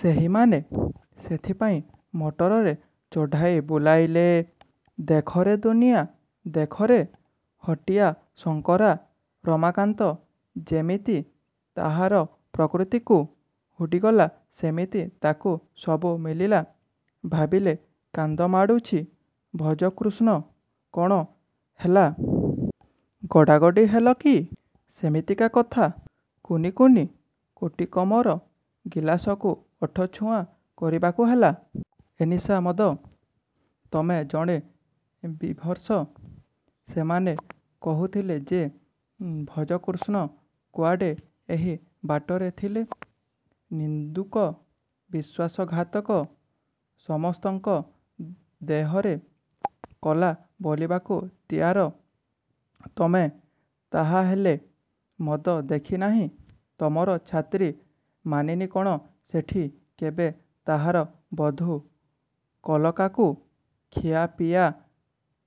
ସେହିମାନେ ସେଥିପାଇଁ ମଟରରେ ଚଢ଼ାଇ ବୁଲାଇଲେ। ଦେଖରେ ଦୁନିଆ। ଦେଖରେ ହଟିଆ ସଂସାର-ରମାକାନ୍ତ ଯେମିତି ତାହାର ପ୍ରକୃତିକୁ ହୁଡ଼ିଗଲା ସେମିତି ତା'କୁ ସବୁ ମିଳିଲା ଭାବିଲେ କାନ୍ଦମାଡ଼ୁଛି ଭଜକୃଷ୍ଣ। -କ'ଣ ହେଲା? ଗଡ଼ାଗଡ଼ି ହେଲ କି? -ସେମିତିକା କଥା। କୁନି କୁନି କୋଟିକମର ଗିଲାସକୁ ଓଠଛୁଆଁ କରିବାକୁ ହେଲା। -ଏଁ-ନିଶା? ମଦ? -ତମେ ଜଣେ ବିଭତ୍ସ। -ସେମାନେ କହୁଥିଲେ ଯେ ଭଜକୃଷ୍ଣ କୁଆଡ଼େ ଏହି ବାଟରେ ଥିଲେ? -ନିନ୍ଦୁକ। ବିଶ୍ୱାସଘାତକ। ସମସ୍ତଙ୍କ ଦେହରେ କଳା ବୋଳିବାକୁ ତିଆର। -ତମେ ତାହାହେଲେ ମଦ ଦେଖି ନାହଁ? ତମର ଛାତ୍ରୀ ମାନିନୀ କ'ଣ ସେଠି କେବେ ତାହାର ବଂଧୁ ଅଳକାକୁ ଖିଆପିଆ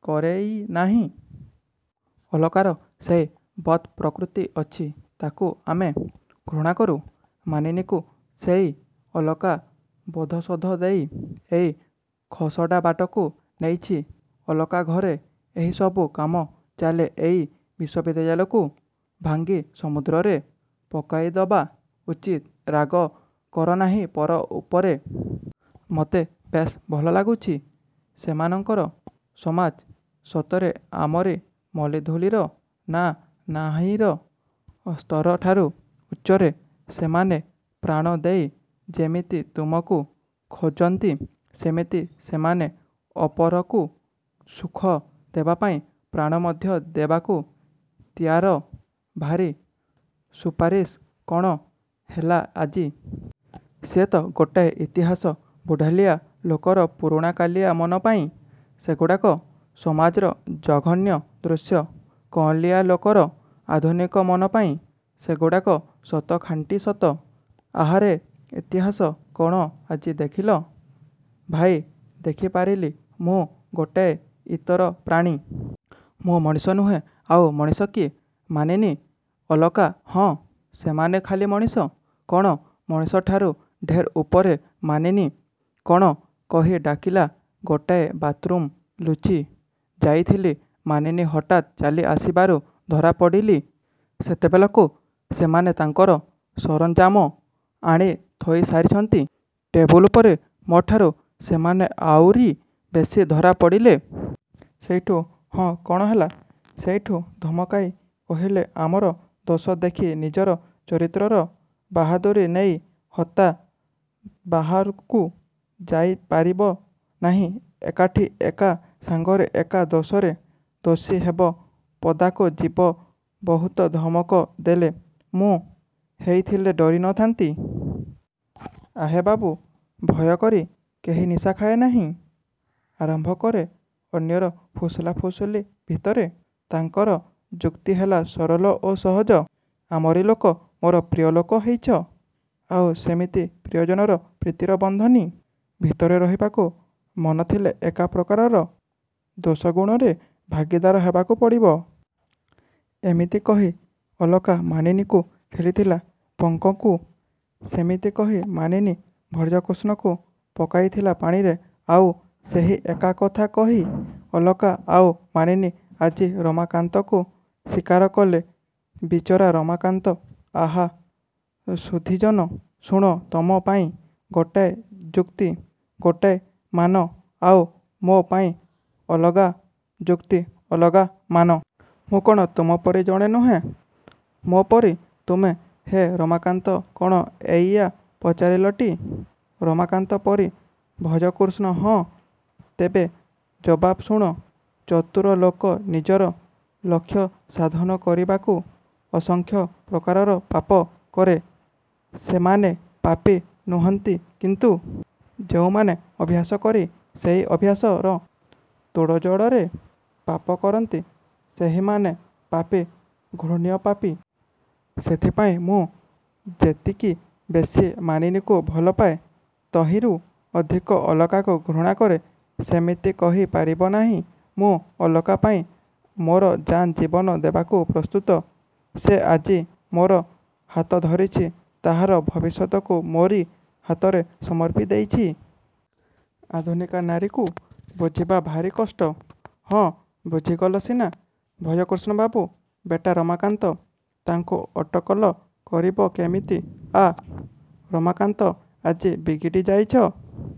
କରେଇ ନାହିଁ? -ଅଳକାର ସେଇ ବଦ୍ ପ୍ରକୃତି ଅଛି। ତାକୁ ଆମେ ଘୃଣା କରୁ। ମାନିନୀକୁ ସେଇ ଅଳକା ବୋଧଶୋଧ ଦେଇ ଏଇ ଖସଡ଼ାବାଟକୁ ନେଇଛି। ଅଳକା ଘରେ ଏହିସବୁ କାମ ଚାଲେ। ଏଇ ବିଶ୍ୱବିଦ୍ୟାଳୟକୁ ଭାଙ୍ଗି ସମୁଦ୍ରରେ ପକାଇଦବା ଉଚିତ୍। -ରାଗ କର ନାହିଁ ପର ଉପରେ। ମତେ ବେଶ୍ ଭଲ ଲାଗୁଛି। ସେମାନଙ୍କର ସମାଜ ସତରେ ଆମରି ମଳିଧୂଳିର ନା ନାହିଁର ସ୍ତରଠାରୁ ଉଚ୍ଚରେ। ସେମାନେ ପ୍ରାଣ ଦେଇ ଯେମିତି ତୁମକୁ ଖୋଜନ୍ତି ସେମିତି ସେମାନେ ଅପରକୁ ସୁଖ ଦେବାପାଇଁ ପ୍ରାଣ ମଧ୍ୟ ଦେବାକୁ ତିଆର। -ଭାରି ସୁପାରିସ? କ'ଣ ହେଲା ଆଜି? -ସିଏ ତ ଗୋଟାଏ ଇତିହାସ। ବୁଢ଼ାଳିଆ ଲୋକର ପୁରୁଣାକାଳିଆ ମନ ପାଇଁ ସେଗୁଡ଼ାକ ସମାଜର ଜଘନ୍ୟ ଦୃଶ୍ୟ। କଅଁଳିଆ ଲୋକର ଆଧୁନିକ ମନ ପାଇଁ ସେଗୁଡ଼ାକ ସତ-ଖାଣ୍ଟି ସତ। -ଆହା ରେ ଇତିହାସ! କ'ଣ ଆଜି ଦେଖିଲ? -ଭାଇ, ଦେଖିପାରିଲି ମୁଁ ଗୋଟାଏ ଇତର ପ୍ରାଣୀ। ମୁଁ ମଣିଷ ନୁହେଁ। -ଆଉ ମଣିଷ କିଏ? ମାନିନୀ, ଅଳକା -ହଁ, ସେମାନେ ଖାଲି ମଣିଷ କ'ଣ-ମଣିଷଠାରୁ ଢେର ଉପରେ। -ମାନିନୀ କ'ଣ କହି ଡାକିଲା? ଗୋଟାଏ ବାଥ୍ରୁମ୍ରେ ଲୁଚି ଯାଇଥିଲି ମାନିନୀ ହଠାତ୍ ଚାଲି ଆସିବାରୁ ଧରା ପଡ଼ିଗଲି। ସେତେବେଳକୁ ସେମାନେ ତାଙ୍କର ସରଞ୍ଜାମ ଆଣି ଥୋଇ ସାରିଛନ୍ତି ଟେବୁଲ ଉପରେ ମୋ' ଠାରୁ ସେମାନେ ଆଉରି ବେଶି ଧରା ପଡ଼ିଗଲେ। ସେଇଠୁ -ହଁ, କ'ଣ ହେଲା ସେଇଠୁ? -ଧମକାଇ କହିଲେ, ଆମର ଦୋଷ ଦେଖି ନିଜର ଚରିତ୍ରର ବାହାଦୁରୀ ନେଇ ହତା ବାହାରକୁ ଯାଇପାରିବ ନାହିଁ। ଏକାଠି, ଏକା ସାଙ୍ଗରେ, ଏକା ଦୋଷରେ ଦୋଷୀ ହେଇ ପଦାକୁ ଯିବ। ବହୁତ ଧମକ ଦେଲେ। -ମୁଁ ହେଇଥିଲେ ଡରି ନ ଥାନ୍ତି। -ଆହେ ବାବୁ, ଭୟ କରି କେହି ନିଶା ଖାଏ ନାହିଁ। ଆରମ୍ଭ କରେ ଅନ୍ୟର ଫୁସୁଲା ଫୁସୁଲି ଭିତରେ। ତାଙ୍କର ଯୁକ୍ତି ହେଲା ସରଳ ଓ ସହଜ। ଆମରି ଲୋକ, ମୋର ପ୍ରିୟ ଲୋକ ହେଉଛ। ଆଉ ସେମିତି ପ୍ରିୟଜନର ପ୍ରୀତିର ବନ୍ଧନୀ ଭିତରେ ରହିବାକୁ ମନଥିଲେ ଏକା ପ୍ରକାରର ଦୋଷଗୁଣରେ ଭାଗୀଦାର ହେବାକୁ ପଡ଼ିବ। -ଏମିତି କହି ଅଳକା ମାନିନୀକୁ ଠେଲିଥିଲା ପଙ୍କକୁ। ସେମିତି କହି ମାନିନୀ ଭଜକୃଷ୍ଣକୁ ପକାଇଥିଲା ପାଣିରେ। ଆଉ ସେହି ଏକା କଥା କହି ଅଳକା ଆଉ ମାନିନୀ ଆଜି ରମାକାନ୍ତକୁ ଶିକାର କଲେ। ବିଚରା ରମାକାନ୍ତ -ଆହା, ସୁଧୀଜନ ଶୁଣ। ତମ ପାଇଁ ଗୋଟାଏ ଯୁକ୍ତି ଗୋଟିଏ ମାନ-ଆଉ ମୋ' ପାଇଁ ଅଲଗା ଯୁକ୍ତି ଅଲଗା ମାନ। ମୁଁ। କ'ଣ ତମ ପରି ଜଣେ ନୁହେଁ? -ମୋ'ପରି ତୁମେ? -ହେ ରମାକାନ୍ତ, କ'ଣ ଏଇଆ ପଚାରିଲଟି-ରମାକାନ୍ତ ପରି ଭଜକୃଷ୍ଣ? -ହଁ। -ତେବେ ଜବାବ ଶୁଣ। ଚତୁର ଲୋକ ନିଜର ଲକ୍ଷ୍ୟସାଧନ କରିବାକୁ ଅସଂଖ୍ୟ ପ୍ରକାରର ପାପ କରେ। ସେମାନେ ପାପୀ ନୁହଁନ୍ତି। କିନ୍ତୁ ଯେଉଁମାନେ ଅଭ୍ୟାସ କରି ସେଇ ଅଭ୍ୟାସର ତୋଡ଼ଯୋଡ଼ରେ ପାପ କରନ୍ତି-ସେହିମାନେ ପାପୀ-ଘୃଣ୍ୟ ପାପୀ। ସେଥିପାଇଁ ମୁଁ ଯେତିକି ବେଶୀ ମାନିନୀକୁ ଭଲପାଏ ତହିଁରୁ ଅଧିକ ଅଳକାକୁ ଘୃଣା କରେ। -ସେମିତି କହି ପାରିବ ନାହିଁ। ମୁଁ ଅଳକା ପାଇଁ ମୋର ଜାନ୍ ଜୀବନ ଦେବାକୁ ପ୍ରସ୍ତୁତ-। ସେ ଆଜି ମୋର ହାତ ଧରିଛି। ତାହାର ଭବିଷ୍ୟତକୁ ମୋରି ହାତରେ ସମର୍ପି ଦେଇଛି-। -ଆଧୁନିକା ନାରୀଙ୍କୁ ବୁଝିବା ଭାରି କଷ୍ଟ। -ହଁ, ବୁଝିଗଲ ସିନା ଭଜକୃଷ୍ଣ ବାବୁ। ବେଟା ରମାକାନ୍ତ ତାଙ୍କୁ ଅଟକଳ କରିବ କେମିତି-? -ଆଃ, ରମାକାନ୍ତ ଆଜି ବିଗିଡ଼ି ଯାଇଛି।